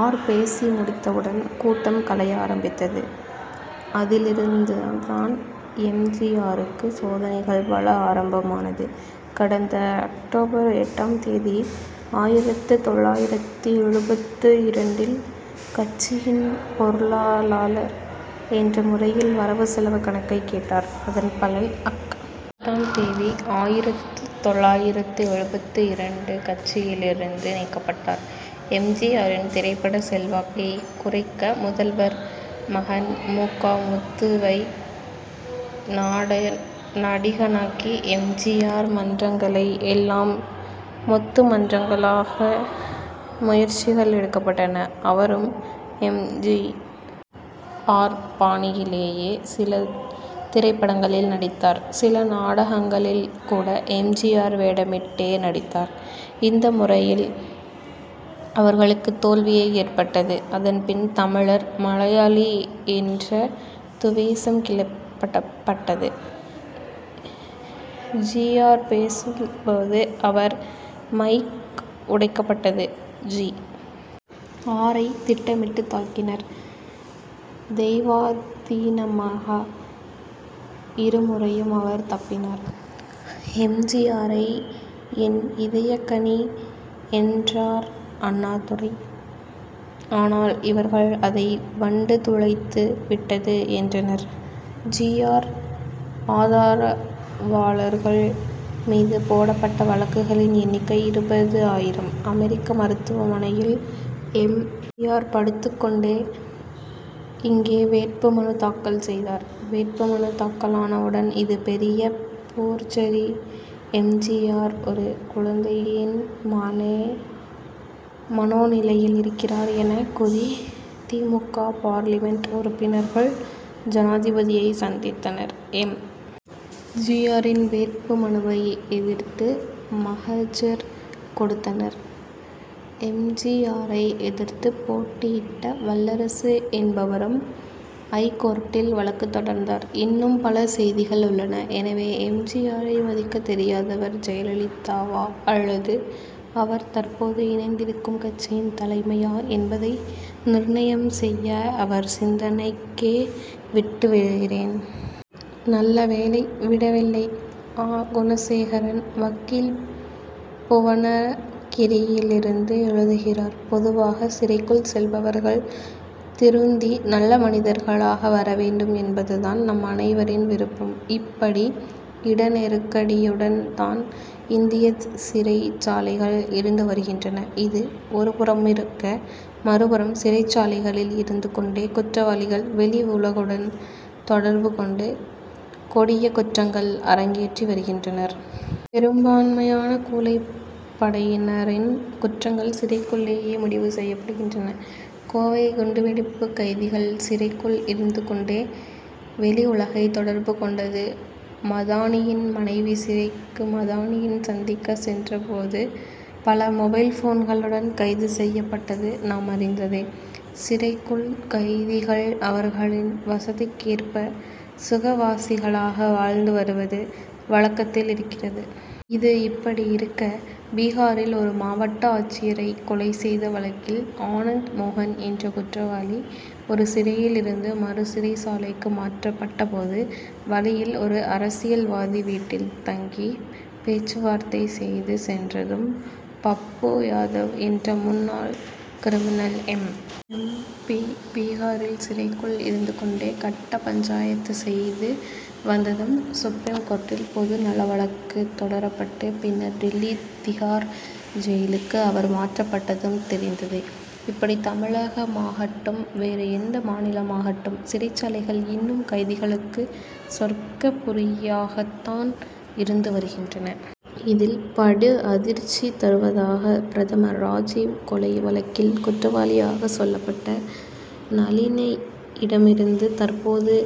R. பேசி முடித்தவுடன் கூட்டம் கலைய ஆரம்பித்தது. அதிலிருந்துதான் எம். ஜி. ஆருக்கு சோதனைகள் பல ஆரம்பம் ஆனது. கடந்த அக். எட்டாம் தேதி ஆயிரத்து தொள்ளாயிரத்து எழுபத்து இரண்டில் கட்சியின் பொருளாளாளர் என்ற முறையில் வரவு செலவு கணக்கை கேட்டார். அதன் பலன் அக். பத்தாம் தேதி ஆயிரத்து தொள்ளாயிரத்து எழுபத்து இரண்டில் கட்சியிலிருந்து நீக்கப்பட்டார். எம். ஜி. ஆரின் திரைப்பட செல்வாக்கை குறைக்க முதல்வர் மகன் மு. க. முத்து வை நடிகனாக்கி எம். ஜி. ஆர். மன்றங்களை எல்லாம் முத்து மன்றங்களாக முயற்சிகள் எடுக்கப்பட்டன. அவரும் எம். ஜி. ஆர். பாணியிலேயே சில திரைப்படங்களில் நடித்தார். சில நாடகங்களில் கூட எம். ஜி. ஆர். வேடமிட்டே நடித்தார். இந்த முறையில் அவர்களுக்கு தோல்வியே ஏற்பட்டது. அதன் பின் தமிழர் மலையாளி என்ற துவேஷம் கிளப்பப்பட்டது. ஜி. ஆர். பேசும் போது அவர் மைக் உடைக்கப்பட்டது. ஜி. ஆரை திட்டமிட்டு தாக்கினர். தெய்வாதீனமாக இருமுறையும் அவர் தப்பினார். எம். ஜி. ஆரை என் இதயக்கனி என்றார் அண்ணாதுரை. ஆனால் இவர்கள் அதை வண்டு துளைத்து விட்டது என்றனர். ஜி. ஆர். ஆதாரவாளர்கள் மீது போடப் பட்ட வழக்குகளின் எண்ணிக்கை இருபது ஆயிரம். அமெரிக்க மருத்துவ மனையில் எம். ஜி. ஆர். படுத்துக் கொண்டே இங்கே வேட்பு மனு தாக்கல் செய்தார். வேட்பு மனு தாக்கலானவுடன் இது பெரிய போர்ஜரி எம். ஜி. ஆர். ஒரு குழந்தையின் மனோ நிலையில் இருக்கிறார் எனக் கூறி தி. மு. க. பார்லிமென்ட் உறுப்பினர்கள் ஜனாதிபதியை சந்தித்தனர். எம். ஜி. ஆரின் வேட்பு மனுவை எதிர்த்து மகஜர் கொடுத்தனர். எம். ஜி. ஆரை எதிர்த்து போட்டியிட்ட வல்லரசு என்பவரும் ஐகோர்ட்டில் வழக்கு தொடர்ந்தார். இன்னும் பல செய்திகள் உள்ளன. எனவே எம். ஜி. ஆரை மதிக்கத் தெரியாதவர் ஜெயலலிதாவா அல்லது அவர் தற்போது இணைந்திருக்கும் கட்சியின் தலைமையா என்பதை நிர்ணயம் செய்ய அவர் சிந்தனைக்கே விட்டு விடுகிறேன். நல்ல வேளை விடவில்லை! அ. குணசேகரன் வக்கீல் புவனகிரியிலிருந்து எழுதுகிறார் பொதுவாக சிறைக்குள் செல்பவர்கள் திருந்தி நல்ல மனிதர்களாக வரவேண்டும் என்பது தான் நம் அனைவரின் விருப்பம். இப்படி இட நெருக்கடியுடன் தான் இந்திய சிறைச்சாலைகள் இருந்து வருகின்றன. இது ஒருபுறமிருக்க மறுபுறம் சிறைச்சாலைகளில் இருந்து கொண்டே குற்றவாளிகள் வெளி உலகுடன் தொடர்பு கொண்டு கொடியக் குற்றங்கள் அரங்கேற்றி வருகின்றனர். பெரும்பான்மையான கூலிப்படையினரின் குற்றங்கள் சிறைக்குள்ளேயே முடிவு செய்யப்படுகின்றன. கோவை குண்டு வெடிப்பு கைதிகள் சிறைக்குள் இருந்து கொண்டே வெளி உலகை தொடர்பு கொண்டது மதானியின் மனைவி சிறைக்கு மதானியை சந்திக்க சென்ற போது பல மொபைல் போன்களுடன் கைது செய்யப்பட்டது நாம் அறிந்ததே. சிறைக்குள் கைதிகள் அவர்களின் வசதிக்கேற்ப சுகவாசிகளாக வாழ்ந்து வருவது வழக்கத்தில் இருக்கிறது. இது இப்படி இருக்க பீகாரில் ஒரு மாவட்ட ஆட்சியரை கொலை செய்த வழக்கில் ஆனந்த் மோகன் என்ற குற்றவாளி ஒரு சிறையிலிருந்து மறு சிறைச் சாலைக்கு மாற்றப்பட்ட போது வழியில் ஒரு அரசியல்வாதி வீட்டில் தங்கி பேச்சு வார்த்தை செய்து சென்றதும் பப்பு யாதவ் என்ற முன்னாள் கிரிமினல் எம். பி. பீகாரில் சிறைக்குள் இருந்து கொண்டே கட்ட பஞ்சாயத்து செய்து வந்ததும் சுப்ரீம் கோர்ட்டில் பொது நலவழக்கு தொடரப்பட்டு பின்னர் டில்லி திகார் ஜெயிலுக்கு அவர் மாற்றப்பட்டதும் தெரிந்ததே! இப்படி தமிழகமாகட்டும் வேறு எந்த மாநிலமாகட்டும் சிறைச்சாலைகள் இன்னும் கைதிகளுக்கு சொர்க்க புரியாகத்தான் இருந்து வருகின்றன. இதில் படு அதிர்ச்சி தருவதாக பிரதமர் ராஜிவ் கொலை வழக்கில் குற்றவாளியாக சொல்லப்பட்ட நளினியிடமிருந்து தற்போது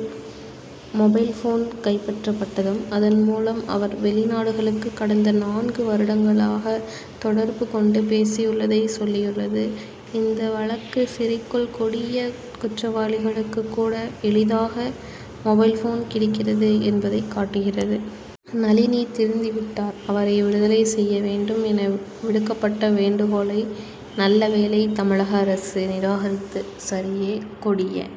மொபைல்போன் கைப்பற்றப்பட்டதும் அதன்மூலம் அவர் வெளிநாடுகளுக்கு கடந்த நான்கு வருடங்களாக தொடர்பு கொண்டு பேசியுள்ளதைச் சொல்லியுள்ளது எந்தளவுக்கு சிறைக்குள் கொடியக் குற்றவாளிகளுக்குக் கூட எளிதாக மொபைல்போன் கிடைக்கிறது என்பதை காட்டுகிறது. நளினி திருந்திவிட்டார் அவரை விடுதலை செய்ய வேண்டும் என விடுக்கப்பட்ட வேண்டுகோளை நல்லவேளை தமிழக அரசு நிராகரித்து சரியே. கொடியக்